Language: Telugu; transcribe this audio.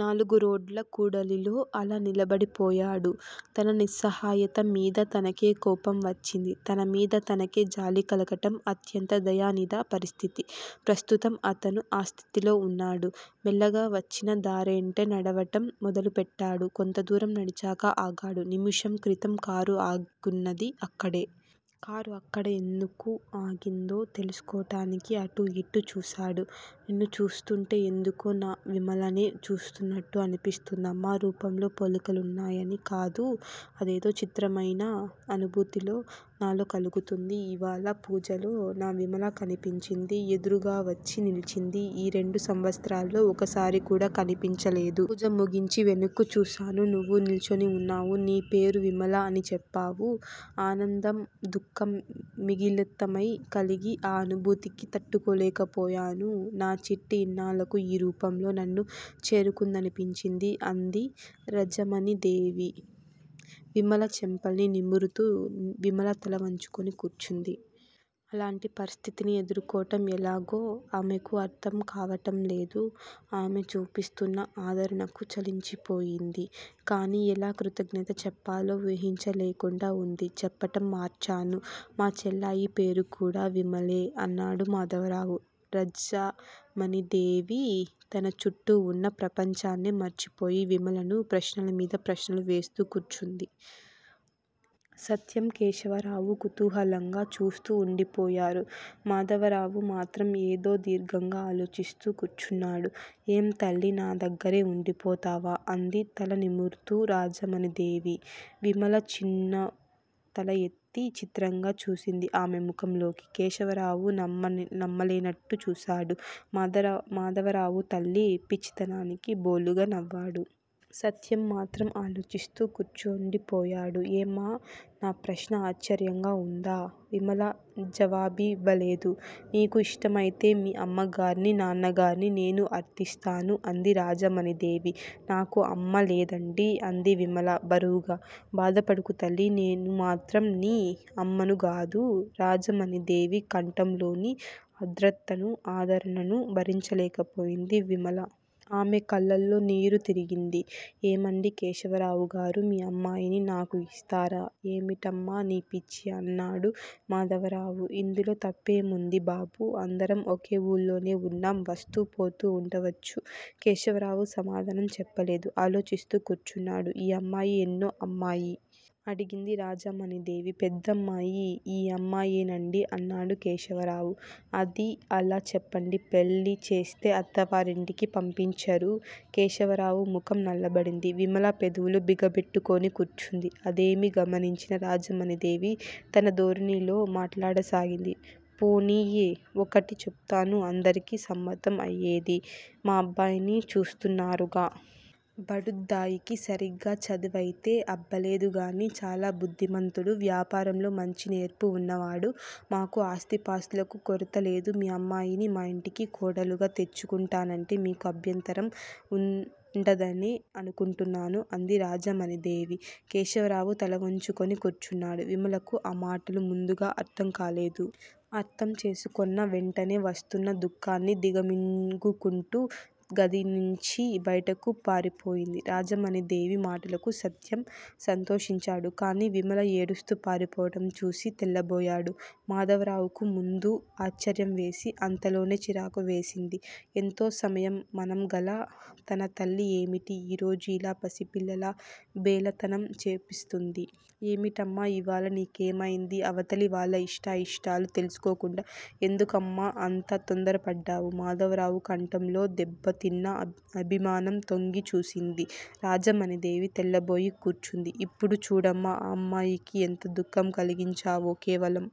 నాలుగురోడ్ల కూడలిలో అలా నిలబడిపోయాడు. తన నిస్సహాయత మీద తనకే కోపం వచ్చింది. తనమీద తనకే జాలి కలగడం అత్యంత దయనీయ పరిస్థితి. ప్రస్తుతం అతను ఆ స్థితిలో వున్నాడు. మెల్లగా వచ్చిన దారంటే నడవడం మొదలుపెట్టాడు. కొంత దూరం నడిచాక ఆగాడు. నిముషం క్రితం కారు ఆగివున్నది అక్కడే. కారు అక్కడ ఎందుకు ఆగిందో తెలుసుకోవడానికి అటూ ఇటూ చూశాడు. నిన్ను చూస్తుంటే ఎందుకో నా విమలనే చూసినట్లు అనిపిస్తుందమ్మా! రూపంలో పోలికలున్నాయని కాదు. అదేదో చిత్రమయిన అనుభూతి నాలో కలుగుతోంది. ఇవ్వాళ పూజలో నా విమల కనిపించింది. ఎదురుగావచ్చి నిల్చింది. ఈ రెండు సంవత్సరాల్లో ఒక్కసారికూడా కనిపించలేదు. పూజ ముగించి వెనక్కు చూశాను. నువ్వు నిల్చొని ఉన్నావు. నీ పేరు విమల అని చెప్పావు. ఆనందం దుఃఖం మిళితమై కలిగిన ఆ అనుభూతికి తట్టుకోలేకపోయాను. నా చిట్టి ఇన్నాళ్ళకు ఈ రూపంలో నన్ను చేరుకుందనిపించింది అంది రాజమణీదేవి విమల చెంపల్ని నిమురుతూ. విమల తల వంచుకొని కూర్చుంది. అలాంటి పరిస్థితిని ఎదుర్కోవడం ఎలాగో ఆమెకు అర్ధం కావటంలేదు. ఆమె చూపిస్తున్న ఆదరణకు చలించిపోయింది. కాని ఎలా కృతజ్ఞత చెప్పాలో ఊహించలేకుండా ఉంది. చెప్పడం మర్చాను, మా చెల్లాయి పేరుకూడా విమలే! అన్నాడు మాధవరావు. రాజమణీదేవి తన చుట్టూవున్న ప్రపంచాన్నే మర్చిపోయి విమలను ప్రశ్నలమీద ప్రశ్నలు వేస్తూ కూర్చుంది. సత్యం, కేశవరావు కుతూహలంగా చూస్తూ వుండిపోయారు. మాధవరావు మాత్రం ఏదో దీర్ఘంగా ఆలోచిస్తూ కూర్చున్నాడు. ఏం తల్లీ! నా దగ్గరే ఉండిపోతావా? అంది తల నిమురుతూ రాజమణీదేవి. విమల చివ్వున తల ఎత్తి చిత్రంగా చూసింది ఆమె ముఖంలోకి. కేశవరావు నమ్మలేనట్లు చూశాడు. మాధవరావు తల్లి పిచ్చితనానికి బోలుగా నవ్వాడు. సత్యం మాత్రం ఆలోచిస్తూ కూర్చుండిపోయాడు. ఏమ్మా! నా ప్రశ్న ఆశ్చర్యంగా వుందా? విమల జవాబివ్వలేదు. నీకు ఇష్టం అయితే మీ అమ్మగార్నీ, నాన్నగార్నీ నేను అర్ధిస్తాను అంది రాజమణీదేవి. నాకు అమ్మ లేదండీ! అంది విమల బరువుగా. బాధపడకు తల్లీ! నేనుమాత్రం ణీ అమ్మనుగాదూ? రాజమణీదేవి కంఠంలోని ఆర్ద్రతనూ, ఆదరణనూ భరించలేకపోయింది విమల. ఆమె కళ్ళలో నీరు తిరిగింది. ఏమండీ కేశవరావుగారూ! మీ అమ్మాయిని నాకు ఇస్తారా? ఏమిటమ్మా నీ పిచ్చి అన్నాడు మాధవరావు. ఇందులో తప్పేముంది బాబూ! అందరం ఒక ఊళ్ళోనే ఉన్నాం. వస్తూ పోతూ ఉండొచ్చు. కేశవరావు సమాధానం చెప్పలేదు. ఆలోచిస్తూ కూర్చున్నాడు. ఈ అమ్మాయి ఎన్నో అమ్మాయి? అడిగింది రాజమణీదేవి. పెద్దమ్మాయి ఈ అమ్మాయేనండి అన్నాడు కేశవరావు. అదీ అలా చెప్పండీ! పెళ్ళిచేస్తే అత్తవారింటికి పంపించరూ? కేశవరావు ముఖం నల్లబడింది. విమల పెదవులు బిగబట్టుకొని కూర్చుంది. అదేమీ గమనించని రాజమణీదేవి తన ధోరణిలో మాట్లాడసాగింది. పోనీయ్! ఒకటి చెబుతాను అందరికీ సమ్మతం అయేది. మా అబ్బాయిని చూస్తున్నారుగా? బడుద్దాయికి సరిగా చదివైతే అబ్బలేదుగాని చాలా బుద్ధిమంతుడు, వ్యాపారంలో మంచి నేర్పు ఉన్నవాడు. మాకు ఆస్థిపాస్తులకు కొరతలేదు. మీ అమ్మాయిని మా ఇంటికి కోడలుగా తెచ్చుకుంటానంటే మీకు అభ్యంతరం ఉండదనే అనుకుంటాను అంది రాజమణీదేవి. కేశవరావు తలవంచుకొని కూర్చున్నాడు. విమలకు ఆ మాటలు ముందుగా అర్ధంకాలేదు. అర్ధంచేసుకొన్న వెంటనే వస్తున్న దుఃఖాన్ని దిగమింగుకుంటూ గదినుంచి బయటకు పారిపోయింది. రాజమణీదేవి మాటలకు సత్యం సంతోషించాడు. కాని విమల ఏడుస్తూ పారిపోవడంచూసి తెల్లబోయాడు. మాధవరావుకు ముందు ఆశ్చర్యంవేసి. అంతలోనే చిరాకువేసింది. ఎంతో సంయమనంగల తన తల్లి ఏమిటి ఈ రోజు ఇలా పసిపిల్లలా బేలతనం చూపిస్తుంది! ఏమిటమ్మా! ఇవాళ నీకేమయింది? అవతలివాళ్ళ ఇష్టాయిష్టాలు తెలుసుకోకుండా ఎందుకమ్మా అంత తొందరపడ్డావు? మాధవరావు కంఠంలో దెబ్బతిన్న అభిమానం తొంగిచూసింది. రాజమణీదేవి తెల్లబోయి కూర్చుంది. ఇప్పుడు చూడమ్మా, ఆ అమ్మాయికి ఎంత దుఃఖం కలిగించావో? కేవలం